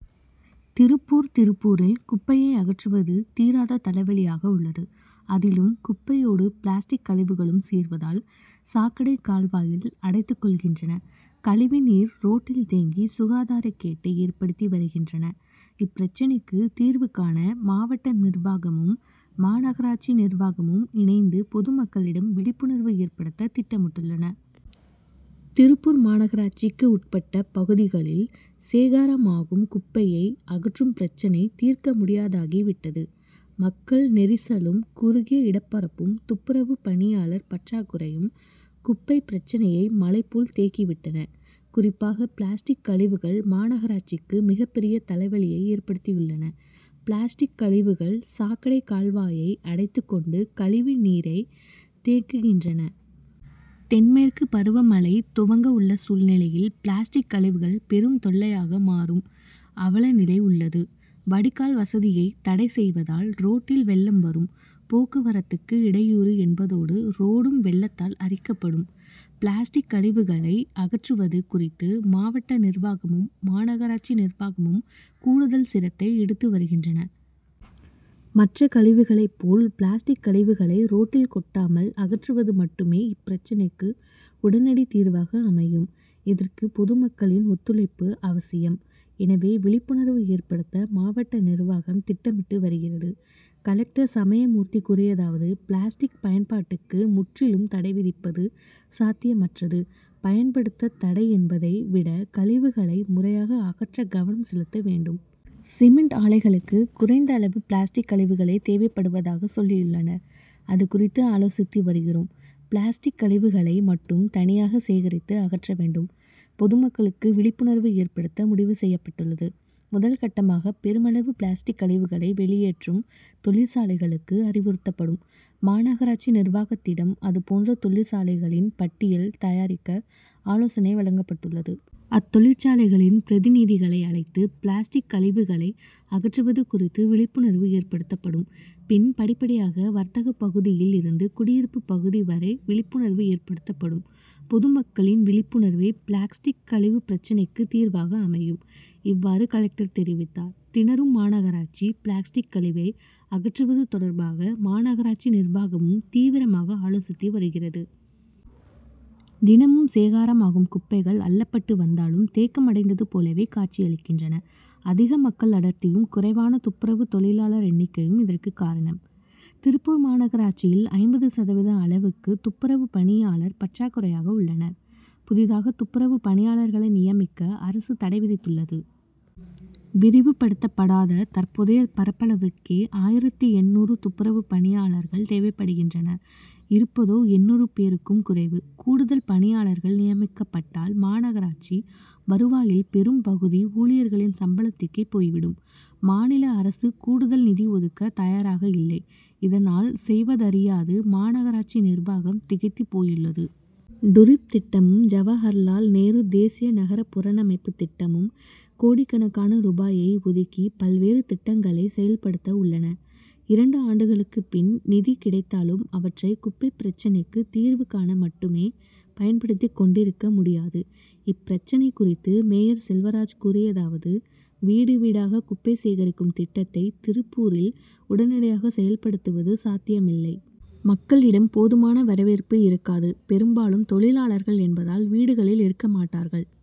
திருப்பூர் திருப்பூரில் குப்பையை அகற்றுவது தீராத தலைவலியாக உள்ளது. அதிலும் குப்பையோடு பிளாஸ்டிக் கழிவுகளும் சேர்வதால் சாக்கடை கால்வாயில் அடைத்துக் கொள்கின்றன. கழிவு நீர் ரோட்டில் தேங்கி சுகாதாரக்கேட்டை ஏற்படுத்தி வருகின்றன. இப்பிரச்னைக்கு தீர்வு காண மாவட்ட நிர்வாகமும் மாநகராட்சி நிர்வாகமும் இணைந்து பொதுமக்களிடம் விழிப்புணர்வு ஏற்படுத்த திட்டமிட்டுள்ளன. திருப்பூர் மாநகராட்சிக்கு உட்பட்ட பகுதிகளில் சேகரமாகும் குப்பையை அகற்றும் பிரச்னை தீர்க்க முடியாததாகி விட்டது. மக்கள் நெரிசலும் குறுகிய இடப்பரப்பும் துப்புரவு பணியாளர் பற்றாக்குறையும் குப்பை பிரச்னையை மலைபோல் தேக்கி விட்டன. குறிப்பாக பிளாஸ்டிக் கழிவுகள் மாநகராட்சிக்கு மிகப்பெரிய தலைவலியை ஏற்படுத்தியுள்ளன. பிளாஸ்டிக் கழிவுகள் சாக்கடை கால்வாயை அடைத்துக் கொண்டு கழிவு நீரை தேக்குகின்றன. தென் மேற்கு பருவமழை துவங்க உள்ள சூழ்நிலையில் பிளாஸ்டிக் கழிவுகள் பெரும் தொல்லையாக மாறும் அவலநிலை உள்ளது. வடிகால் வசதியை தடை செய்வதால் ரோட்டில் வெள்ளம் வரும். போக்குவரத்துக்கு இடையூறு என்பதோடு ரோடும் வெள்ளத்தால் அரிக்கப்படும். பிளாஸ்டிக் கழிவுகளை அகற்றுவது குறித்து மாவட்ட நிர்வாகமும் மாநகராட்சி நிர்வாகமும் கூடுதல் சிரத்தை எடுத்து வருகின்றன. மற்ற கழிவுகளைப்போல் பிளாஸ்டிக் கழிவுகளை ரோட்டில் கொட்டாமல் அகற்றுவது மட்டுமே இப்பிரச்னைக்கு உடனடி தீர்வாக அமையும். இதற்கு பொதுமக்களின் ஒத்துழைப்பு அவசியம். எனவே விழிப்புணர்வு ஏற்படுத்த மாவட்ட நிர்வாகம் திட்டமிட்டு வருகிறது. கலெக்டர் சமயமூர்த்தி கூறியதாவது பிளாஸ்டிக் பயன்பாட்டுக்கு முற்றிலும் தடை விதிப்பது சாத்தியமற்றது பயன்படுத்த தடை என்பதை விட கழிவுகளை முறையாக அகற்ற கவனம் செலுத்த வேண்டும். சிமென்ட் ஆலைகளுக்கு குறைந்த அளவு பிளாஸ்டிக் கழிவுகளே தேவைப்படுவதாக சொல்லியுள்ளனர். அதுகுறித்து ஆலோசித்து வருகிறோம். பிளாஸ்டிக் கழிவுகளை மட்டும் தனியாக சேகரித்து அகற்ற வேண்டும். பொதுமக்களுக்கு விழிப்புணர்வு ஏற்படுத்த முடிவு செய்யப்பட்டுள்ளது. முதல்கட்டமாக பெருமளவு பிளாஸ்டிக் கழிவுகளை வெளியேற்றும் தொழிற்சாலைகளுக்கு அறிவுறுத்தப்படும். மாநகராட்சி நிர்வாகத்திடம் அதுபோன்ற தொழிற்சாலைகளின் பட்டியல் தயாரிக்க ஆலோசனை வழங்கப்பட்டுள்ளது. அத்தொழிற்சாலைகளின் பிரதிநிதிகளை அழைத்து பிளாஸ்டிக் கழிவுகளை அகற்றுவது குறித்து விழிப்புணர்வு ஏற்படுத்தப்படும். பின் படிப்படியாக வர்த்தக பகுதியில் இருந்து குடியிருப்பு பகுதி வரை விழிப்புணர்வு ஏற்படுத்தப்படும். பொதுமக்களின் விழிப்புணர்வே பிளாஸ்டிக் கழிவு பிரச்னைக்கு தீர்வாக அமையும். இவ்வாறு கலெக்டர் தெரிவித்தார். திணறும் மாநகராட்சி பிளாஸ்டிக் கழிவை அகற்றுவது தொடர்பாக மாநகராட்சி நிர்வாகமும் தீவிரமாக ஆலோசித்து வருகிறது. தினமும் சேகரமாகும் குப்பைகள் அள்ளப்பட்டு வந்தாலும் தேக்கமடைந்தது போலவே காட்சி அளிக்கின்றன. அதிக மக்கள் அடர்த்தியும் குறைவான துப்புரவு தொழிலாளர் எண்ணிக்கையும் இதற்கு காரணம். திருப்பூர் மாநகராட்சியில் ஐம்பது சதவீத அளவுக்கு துப்புரவு பணியாளர் பற்றாக்குறையாக உள்ளனர். புதிதாக துப்புரவு பணியாளர்களை நியமிக்க அரசு தடை விதித்துள்ளது. விரிவுபடுத்தப்படாத தற்போதைய பரப்பளவுக்கே ஆயிரத்து எண்ணூறு துப்புரவு பணியாளர்கள் தேவைப்படுகின்றனர் இருப்பதோ எண்ணூறு பேருக்கும் குறைவு. கூடுதல் பணியாளர்கள் நியமிக்கப்பட்டால் மாநகராட்சி வருவாயில் பெரும் பகுதி ஊழியர்களின் சம்பளத்துக்கே போய்விடும். மாநில அரசு கூடுதல் நிதி ஒதுக்க தயாராக இல்லை. இதனால் செய்வதறியாது மாநகராட்சி நிர்வாகம் திகைத்துப் போயுள்ளது. டுரிப் திட்டமும் ஜவஹர்லால் நேரு தேசிய நகர புனரமைப்பு திட்டமும் கோடிக்கணக்கான ரூபாயை ஒதுக்கி பல்வேறு திட்டங்களை செயல்படுத்த உள்ளன. இரண்டு ஆண்டுகளுக்கு பின் நிதி கிடைத்தாலும் அவற்றை குப்பை பிரச்னைக்கு தீர்வு காண மட்டுமே பயன்படுத்திக் கொண்டிருக்க முடியாது. இப்பிரச்னை குறித்து மேயர் செல்வராஜ் கூறியதாவது வீடு வீடாக குப்பை சேகரிக்கும் திட்டத்தை திருப்பூரில் உடனடியாக செயல்படுத்துவது சாத்தியமில்லை. மக்களிடம் போதுமான வரவேற்பு இருக்காது. பெரும்பாலும் தொழிலாளர்கள் என்பதால் வீடுகளில் இருக்க மாட்டார்கள்.